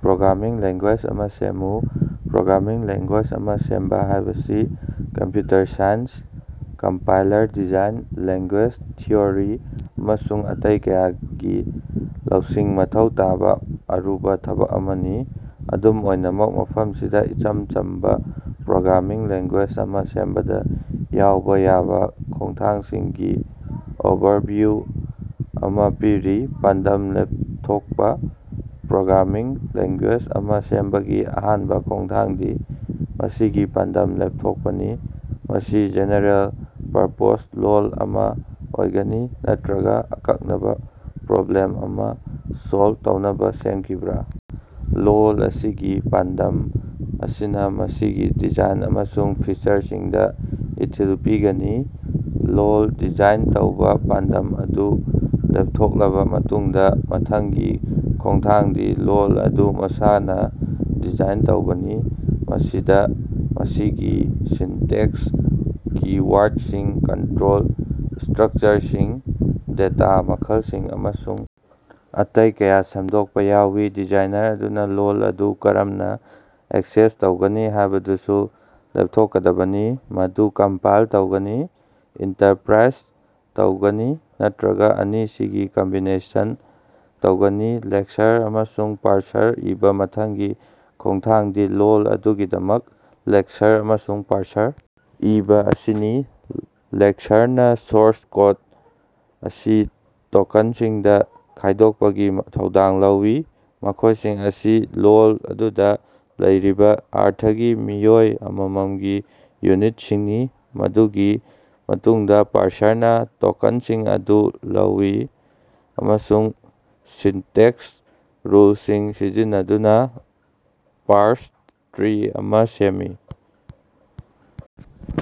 Programming language ꯑꯃꯥ ꯁꯦꯝꯃꯨ꯫ Programming language ꯑꯃꯥ ꯁꯦꯝꯕ ꯍꯥꯏꯕꯁꯤ computer science, compiler design, language theory ꯑꯃꯁꯨꯡ ꯑꯇꯩ ꯀꯌꯥꯒꯤ ꯂꯧꯁꯤꯡ ꯃꯊꯧ ꯇꯥꯕ ꯑꯔꯨꯕ ꯊꯕꯛ ꯑꯃꯅꯤ꯫ ꯑꯗꯨꯝ ꯑꯣꯏꯅꯃꯛ, ꯃꯐꯝꯁꯤꯗ ꯏꯆꯝ ꯆꯝꯕꯥ ꯄ꯭ꯔꯣꯒ꯭ꯔꯥꯃꯤꯡ ꯂꯦꯡ꯭ꯒꯨꯌꯦꯖ ꯑꯃꯥ ꯁꯦꯝꯕꯗ ꯌꯥꯎꯕ ꯌꯥꯕ ꯈꯣꯡꯊꯥꯡꯁꯤꯡꯒꯤ ꯑꯣꯚꯔꯚꯤꯌꯨ ꯑꯃꯥ ꯄꯤꯔꯤ꯫ ꯄꯥꯟꯗꯝ ꯂꯦꯞꯊꯣꯛꯄ ꯄ꯭ꯔꯣꯒ꯭ꯔꯥꯃꯤꯡ ꯂꯦꯡ꯭ꯒꯨꯌꯦꯖ ꯑꯃꯥ ꯁꯦꯝꯕꯒꯤ ꯑꯍꯥꯟꯕ ꯈꯣꯡꯊꯥꯡꯗꯤ ꯃꯁꯤꯒꯤ ꯄꯥꯟꯗꯝ ꯂꯦꯞꯊꯣꯛꯄꯅꯤ꯫ ꯃꯁꯤ ꯖꯦꯅꯔꯦꯜ-ꯄꯔꯄꯣꯖ ꯂꯣꯜ ꯑꯃꯥ ꯑꯣꯏꯒꯅꯤ ꯅꯠꯇ꯭ꯔꯒ ꯑꯀꯛꯅꯕ ꯄ꯭ꯔꯣꯕ꯭ꯂꯦꯝ ꯑꯃꯥ ꯁꯣꯜꯕ ꯇꯧꯅꯕ ꯁꯦꯝꯈꯤꯕꯔꯥ? ꯂꯣꯜ ꯑꯁꯤꯒꯤ ꯄꯥꯟꯗꯝ ꯑꯁꯤꯅꯥ ꯃꯁꯤꯒꯤ ꯗꯤꯖꯥꯏꯟ ꯑꯃꯁꯨꯡ ꯐꯤꯆꯔꯁꯤꯡꯗ ꯏꯊꯤꯜ ꯄꯤꯒꯅꯤ꯫ ꯂꯣꯜ ꯗꯤꯖꯥꯏꯟ ꯇꯧꯕ ꯄꯥꯟꯗꯝ ꯑꯗꯨ ꯂꯦꯞꯊꯣꯛꯂꯕ ꯃꯇꯨꯡꯗ ꯃꯊꯪꯒꯤ ꯈꯣꯡꯊꯥꯡꯗꯤ ꯂꯣꯜ ꯑꯗꯨ ꯃꯁꯥꯅꯥ ꯗꯤꯖꯥꯏꯟ ꯇꯧꯕꯅꯤ꯫ ꯃꯁꯤꯗꯥ ꯃꯁꯤꯒꯤ ꯁꯤꯟꯇꯦꯛꯁ, ꯀꯤ-ꯋꯥꯔꯗꯁꯤꯡ, ꯀꯟꯠꯔꯣꯜ ꯁ꯭ꯠꯔꯀꯆꯔꯁꯤꯡ, ꯗꯦꯇꯥ ꯃꯈꯜꯁꯤꯡ ꯑꯃꯁꯨꯡ ꯑꯇꯩ ꯀꯌꯥ ꯁꯦꯝꯗꯣꯛꯄꯥ ꯌꯥꯎꯏ꯫ ꯗꯤꯖꯥꯏꯅꯔ ꯑꯗꯨꯅ ꯂꯣꯜ ꯑꯗꯨ ꯀꯔꯝꯅ ꯑꯦꯛꯁꯦꯁ ꯇꯧꯒꯅꯤ ꯍꯥꯏꯕꯗꯨꯁꯨ ꯂꯦꯞꯊꯣꯛꯀꯗꯕꯅꯤ, ꯃꯗꯨ ꯀꯝꯄꯥꯏꯜ ꯇꯧꯒꯅꯤ, ꯏꯟꯇꯔꯞꯔꯥꯏꯖ ꯇꯧꯒꯅꯤ ꯅꯠꯇ꯭ꯔꯒ ꯑꯅꯤꯁꯤꯒꯤ ꯀꯝꯕꯤꯅꯦꯁꯟ ꯇꯧꯒꯅꯤ꯫ ꯂꯦꯛꯁꯔ ꯑꯃꯁꯨꯡ ꯄꯥꯔꯁꯔ ꯏꯕꯥ ꯃꯊꯪꯒꯤ ꯈꯣꯡꯊꯥꯡꯗꯤ ꯂꯣꯜ ꯑꯗꯨꯒꯤꯗꯃꯛ ꯂꯦꯛꯁꯔ ꯑꯃꯁꯨꯡ ꯄꯥꯔꯁꯔ ꯏꯕꯥ ꯑꯁꯤꯅꯤ꯫ ꯂꯦꯛꯁꯔꯅꯥ ꯁꯣꯔꯁ ꯀꯣꯠ ꯑꯁꯤ ꯇꯣꯛꯀꯟꯁꯤꯡꯗ ꯈꯥꯏꯗꯣꯛꯄꯒꯤ ꯊꯧꯗꯥꯡ ꯂꯧꯏ, ꯃꯈꯣꯏꯁꯤꯡ ꯑꯁꯤ ꯂꯣꯜ ꯑꯗꯨꯗꯥ ꯂꯩꯔꯤꯕ ꯑꯔꯊꯒꯤ ꯃꯤꯑꯣꯏ ꯑꯃꯃꯝꯒꯤ ꯌꯨꯅꯤꯠꯁꯤꯡꯅꯤ꯫ ꯃꯗꯨꯒꯤ ꯃꯇꯨꯡꯗꯥ ꯄꯥꯔꯁꯔꯅꯥ ꯇꯣꯛꯀꯟꯁꯤꯡ ꯑꯗꯨ ꯂꯧꯏ ꯑꯃꯁꯨꯡ ꯁꯤꯟꯇꯦꯛꯁ ꯔꯨꯜꯁꯤꯡ ꯁꯤꯖꯤꯟꯅꯗꯨꯅꯥ ꯄꯥꯔꯁ ꯇ꯭ꯔꯤ ꯑꯃꯥ ꯁꯦꯝꯃꯤ,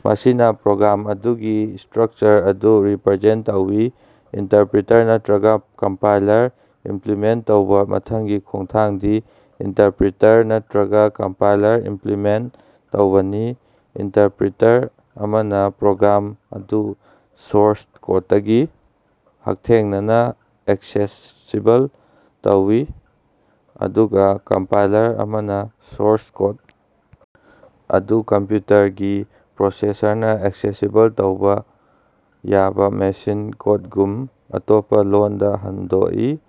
ꯃꯁꯤꯅꯥ ꯄ꯭ꯔꯣꯒ꯭ꯔꯥꯝ ꯑꯗꯨꯒꯤ ꯁ꯭ꯠꯔꯀꯆꯔ ꯑꯗꯨ ꯔꯤꯞꯔꯖꯦꯟ ꯇꯧꯏ꯫ ꯏꯟꯇꯔꯞꯔꯤꯇꯔ ꯅꯠꯇ꯭ꯔꯒ ꯀꯝꯄꯥꯏꯂꯔ ꯏꯝꯞꯂꯤꯃꯦꯟꯠ ꯇꯧꯕ ꯃꯊꯪꯒꯤ ꯈꯣꯡꯊꯥꯡꯗꯤ ꯏꯟꯇꯔꯞꯔꯤꯇꯔ ꯅꯠꯇ꯭ꯔꯒꯥ ꯀꯝꯄꯥꯏꯂꯔ ꯏꯝꯞꯂꯤꯃꯦꯟꯠ ꯇꯧꯕꯅꯤ꯫ ꯏꯟꯇꯔꯞꯔꯤꯇꯔ ꯑꯃꯅꯥ ꯄ꯭ꯔꯣꯒ꯭ꯔꯥꯝ ꯑꯗꯨ ꯁꯣꯔꯁ ꯀꯣꯠꯇꯒꯤ ꯍꯛꯊꯦꯡꯅꯅꯥ ꯑꯦꯛꯁꯦꯁꯤꯕꯜ ꯇꯧꯏ, ꯑꯗꯨꯒꯥ ꯀꯝꯄꯥꯏꯂꯔ ꯑꯃꯅꯥ ꯁꯣꯔꯁ ꯀꯣꯠ ꯑꯗꯨ ꯀꯝꯞꯌꯨꯇꯔꯒꯤ ꯄ꯭ꯔꯣꯁꯦꯁꯔꯅꯥ ꯑꯦꯛꯁꯦꯁꯤꯕꯜ ꯇꯧꯕ ꯌꯥꯕ ꯃꯦꯁꯤꯟ ꯀꯣꯠꯒꯨꯝꯕ ꯑꯇꯣꯞꯄꯥ ꯂꯣꯟꯗꯥ ꯍꯟꯗꯣꯛꯏ꯫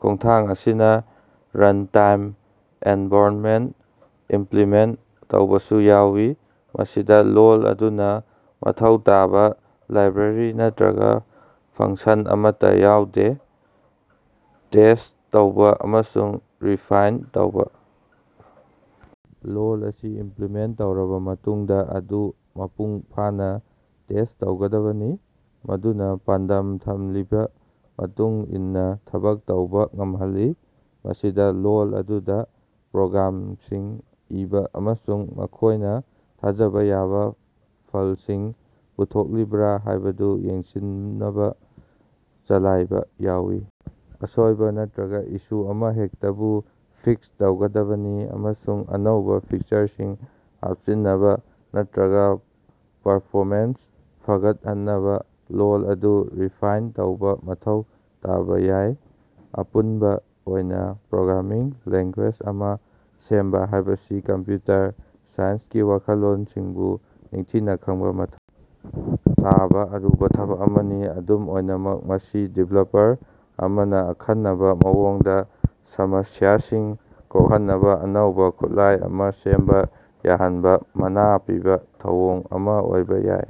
ꯈꯣꯡꯊꯥꯡ ꯑꯁꯤꯅꯥ ꯔꯟꯇꯥꯏꯝ ꯑꯦꯟꯚꯥꯏꯔꯣꯝꯃꯦꯟꯇ ꯏꯝꯞꯂꯤꯃꯦꯟꯠ ꯇꯧꯕꯁꯨ ꯌꯥꯎꯏ, ꯃꯁꯤꯗꯥ ꯂꯣꯜ ꯑꯗꯨꯅ ꯃꯊꯧ ꯇꯥꯕ ꯂꯥꯏꯕ꯭ꯔꯦꯔꯤ ꯅꯠꯇ꯭ꯔꯒ ꯐꯪꯁꯟ ꯑꯃꯠꯇꯥ ꯌꯥꯎꯗꯦ꯫ ꯇꯦꯁ꯭ꯠ ꯇꯧꯕꯥ ꯑꯃꯁꯨꯡ ꯔꯤꯐꯥꯏꯟꯅꯥ ꯇꯧꯕꯥ ꯂꯣꯜ ꯑꯁꯤ ꯏꯝꯞꯂꯤꯃꯦꯟꯠ ꯇꯧꯔꯕ ꯃꯇꯨꯡꯗꯥ ꯃꯗꯨ ꯃꯄꯨꯡ ꯐꯥꯅꯥ ꯇꯦꯁ꯭ꯠ ꯇꯧꯒꯗꯕꯅꯤ ꯃꯗꯨꯅꯥ ꯄꯥꯟꯗꯝ ꯊꯝꯂꯤꯕꯥ ꯃꯇꯨꯡ ꯏꯟꯅꯥ ꯊꯕꯛ ꯇꯧꯕꯥ ꯉꯝꯍꯜꯂꯤ꯫ ꯃꯁꯤꯗꯥ ꯂꯣꯜ ꯑꯗꯨꯗꯥ ꯄ꯭ꯔꯣꯒ꯭ꯔꯥꯝꯁꯤꯡ ꯏꯕꯥ ꯑꯃꯁꯨꯡ ꯃꯈꯣꯏꯅ ꯊꯥꯖꯕ ꯌꯥꯕ ꯐꯂꯁꯤꯡ ꯄꯨꯊꯣꯛꯂꯤꯕ꯭ꯔꯥ ꯍꯥꯏꯕꯗꯨ ꯌꯦꯡꯁꯤꯟꯅꯕ ꯆꯂꯥꯏꯕ ꯌꯥꯎꯏ꯫ ꯑꯁꯣꯏꯕ ꯅꯠꯇ꯭ꯔꯒ ꯏꯁꯨ ꯑꯃꯍꯦꯛꯇꯕꯨ ꯐꯤꯛꯁ ꯇꯧꯒꯗꯕꯅꯤ, ꯑꯃꯁꯨꯡ ꯑꯅꯧꯕ ꯐꯤꯆꯔꯁꯤꯡ ꯍꯥꯞꯆꯤꯟꯅꯕ ꯅꯠꯇ꯭ꯔꯒ ꯄꯔꯐꯣꯃꯦꯟꯁ ꯐꯒꯠꯍꯟꯅꯕ ꯂꯣꯜ ꯑꯗꯨ ꯔꯤꯐꯥꯏꯟꯗ ꯇꯧꯕ ꯃꯊꯧ ꯇꯥꯕ ꯌꯥꯏ꯫ ꯑꯄꯨꯟꯕ ꯑꯣꯏꯅ ꯄ꯭ꯔꯣꯒ꯭ꯔꯥꯝꯃꯤꯡ ꯂꯦꯡ꯭ꯒꯨꯌꯦꯖ ꯑꯃꯥ ꯁꯦꯝꯕ ꯍꯥꯏꯕꯁꯤ ꯀꯝꯞꯌꯨꯇꯔ ꯁꯥꯏꯟꯁꯀꯤ ꯋꯥꯈꯜꯂꯣꯟꯁꯤꯡꯕꯨ ꯅꯤꯡꯊꯤꯅꯥ ꯈꯪꯕ ꯃꯊꯧ ꯇꯥꯕ ꯑꯔꯨꯕ ꯊꯕꯛ ꯑꯃꯅꯤ꯫ ꯑꯗꯨꯝ ꯑꯣꯏꯅꯃꯛ, ꯃꯁꯤ ꯗꯤꯕꯦꯂꯄꯔ ꯑꯃꯅꯥ ꯑꯈꯟꯅꯕ ꯃꯑꯣꯡꯗꯥ ꯁꯃꯁ꯭ꯌꯥꯁꯤꯡ ꯀꯣꯛꯍꯟꯅꯕ ꯑꯅꯧꯕ ꯈꯨꯠꯂꯥꯏ ꯑꯃꯥ ꯁꯦꯝꯕ ꯌꯥꯍꯟꯕ ꯃꯅꯥ ꯄꯤꯕ ꯊꯧꯑꯣꯡ ꯑꯃꯥ ꯑꯣꯏꯕ ꯌꯥꯏ꯫